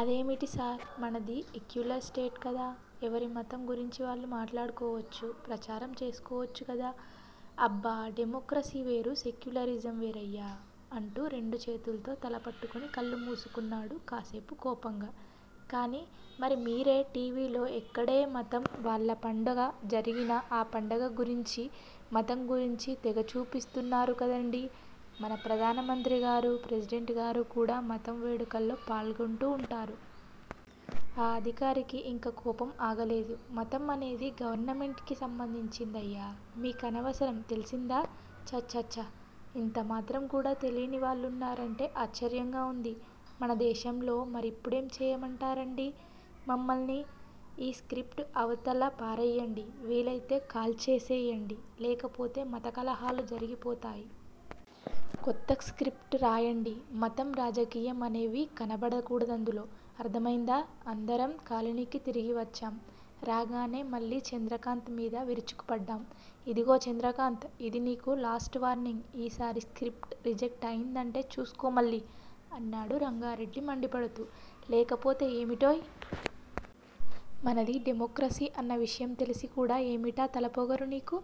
అదేమిటిసార్! మనది ఎక్యులర్ స్టేట్ కదా! ఎవరి మతం గురించి వాళ్ళు మాట్లాడుకోవచ్చు, ప్రచారం చేసుకోవచ్చు కదా! అబ్బా! డెమొక్రసీ వేరు- సెక్యులరిజం వేరయ్యా! అంటూ రెండు చేతుల్తో తల పట్టుకొని కళ్ళు మూసుకున్నాడు కాసేపు కోపంగా. కాని మరి మీరే టీవీలో ఎక్కడే మతం వాళ్ళ పండగ జరిగినా ఆ పండగ గురించీ, మతం గురించీ తెగ చూపిస్తున్నారు కదండీ' మన ప్రధానమంత్రి గారూ, ప్రెసిడెంట్ గారూ కూడా మతం వేడుకల్లో పాల్గొంటూ ఉంటారు! ఆ అధికారికి ఇంక కోపం ఆగలేదు. మతం అనేది గవర్నమెంట్ కి సంబంధించిందయ్యా! మీకనవసరం తెల్సిందా? ఛఛఛ! ఇంతమాత్రం కూడా తెలీనివాళ్ళున్నారంటే ఆశ్చర్యంగా ఉంది మన దేశంలో మరిప్పుడేం చేయమంటారండీ మమ్మల్ని? ఈ స్క్రిప్ట్ అవతల పారెయ్యండి! వీలయితే కాల్చేసేయండి. లేకపోతే మత కలహాలు జరిగిపోతాయ్! కొత్త స్క్రిప్ట్ రాయండి! మతం, రాజకీయం అనేవి కనబడకూడదందులో! అర్థమయిందా? అందరం కాలనీకి తిరిగి వచ్చాం! రాగానే మళ్ళీ చంద్రకాంత్ మీద విరుచుకుపడ్డాం. 'ఇదిగో చంద్రకాంత్! ఇది నీకు లాస్ట్ వార్నింగ్! ఈసారి స్క్రిప్ట్ రిజెక్ట్ అయ్యిందంటే చూస్కో మళ్ళీ- అన్నాడు రంగారెడ్డి మండిపడుతూ. లేకపోతే ఏమిటోయ్? మనది డెమొక్రసీ అన్న విషయం తెలిసి కూడా ఏమిటా తలపొగరు నీకు?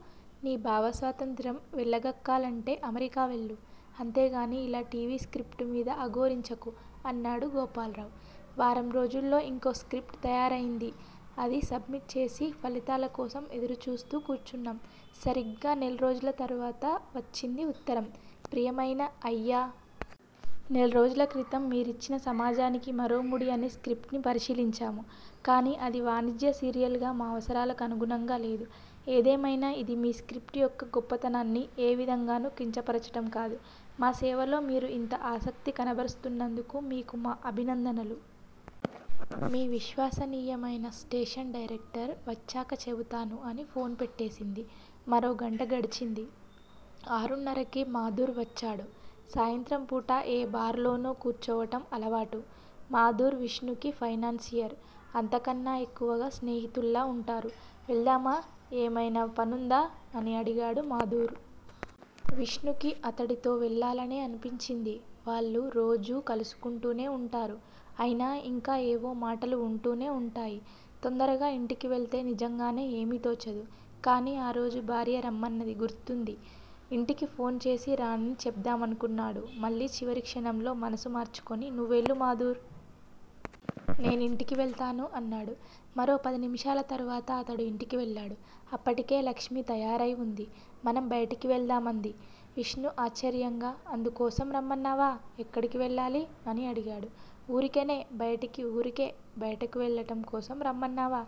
నీ భావస్వాతంత్ర్యం వెళ్ళగక్కాలంటే అమెరికా వెళ్ళు! అంతేగానీ ఇలా టీవీ స్క్రిప్ట్ మీద అఘోరించకు! అన్నాడు గోపాల్రావ్. వారం రోజుల్లో ఇంకో స్క్రిప్ట్ తయారయింది. అది సబ్మిట్ చేసి ఫలితాల కోసం ఎదురుచూస్తూ కూర్చున్నాం- సరిగ్గా నెలరోజుల తర్వాత వచ్చింది ఉత్తరం- ప్రియమయిన అయ్యా! నెలరోజుల క్రితం మీరిచ్చిన సమాజానికి మరోముడి అనే స్క్రిప్ట్ ని పరిశీలించాము. కానీ అది వాణిజ్య సీరియల్ గా మా అవసరాలకు అనుగుణంగా లేదు. ఏదేమయినా ఇది మీ స్క్రిప్ట్ యొక్క గొప్పతనాన్ని ఏ విధంగానూ కించపరచటం కాదు. మా సేవలో మీరు ఇంత ఆసక్తి కనబరుస్తున్నందుకు మీకు మా అభినందనలు. మీ విశ్వాసనీయమయిన స్టేషన్ డైరెక్టర్। వచ్చాక చెపుతాను అని ఫోన్ పెట్టేసింది. మరోగంట గడిచింది. ఆరున్నరకి మాధుర్ వచ్చాడు. సాయంత్రంపూట ఏ బార్ లోనో కూర్చోవటం అలవాటు. మాధుర్ విష్ణుకి ఫైనాన్సియర్. అంతకన్నా ఎక్కువగా స్నేహితుల్లా వుంటారు. వెళ్దామా? ఏమయినా పనుందా? అని అడిగాడు మాధూర్. విష్ణుకి అతడితో వెళ్ళాలనే అనిపించింది. వాళ్ళు రోజూ కలుసుకుంటూనే వుంటారు. అయినా ఇంకా ఏవో మాటలు వుంటూనే వుంటాయి. తొందరగా ఇంటికివెళ్తే నిజంగానే ఏమీ తోచదు. కానీ ఆరోజు భార్య రమ్మన్నది గుర్తుంది. ఇంటికి ఫోన్ చేసి రానని చెప్దామనుకున్నాడు. మళ్ళీ చివరి క్షణంలో మనసు మార్చుకొని, నువ్వెళ్ళు మాధుర్. నేనింటికి వెళ్తాను అన్నాడు. మరో పదినిమిషాల తరువాత అతడు ఇంటికి వెళ్ళాడు. అప్పటికే లక్ష్మి తయారైవుంది. మనం బయటకి వెళ్దాం అంది. విష్ణు ఆశ్చర్యంగా. అందుకోసం రమ్మన్నావా? ఎక్కడికి వెళ్ళాలి? అని అడిగాడు. ఊరికనే బయటకి ఊరికే బయటకు వెళ్ళటం కోసం రమ్మన్నావా?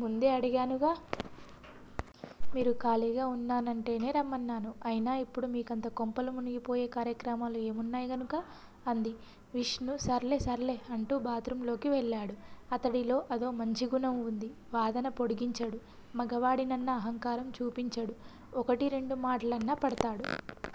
ముందే అడిగానుగా. మీరు ఖాళీగా వున్నానంటేనే రమ్మన్నాను. అయినా ఇప్పుడు మీకంత కొంపలు మునిగిపోయే కార్యక్రమాలు ఏమున్నాయి గనుక? అంది. విష్ణు సర్లె. సర్లె అంటూ బాత్ రూమ్ లోకి వెళ్ళాడు. అతడిలో అదో మంచిగుణం వుంది. వాదన పొడిగించడు. మగవాడినన్న అహంకారం చూపించడు. ఒకటి రెండు మాటలన్నా పడతాడు.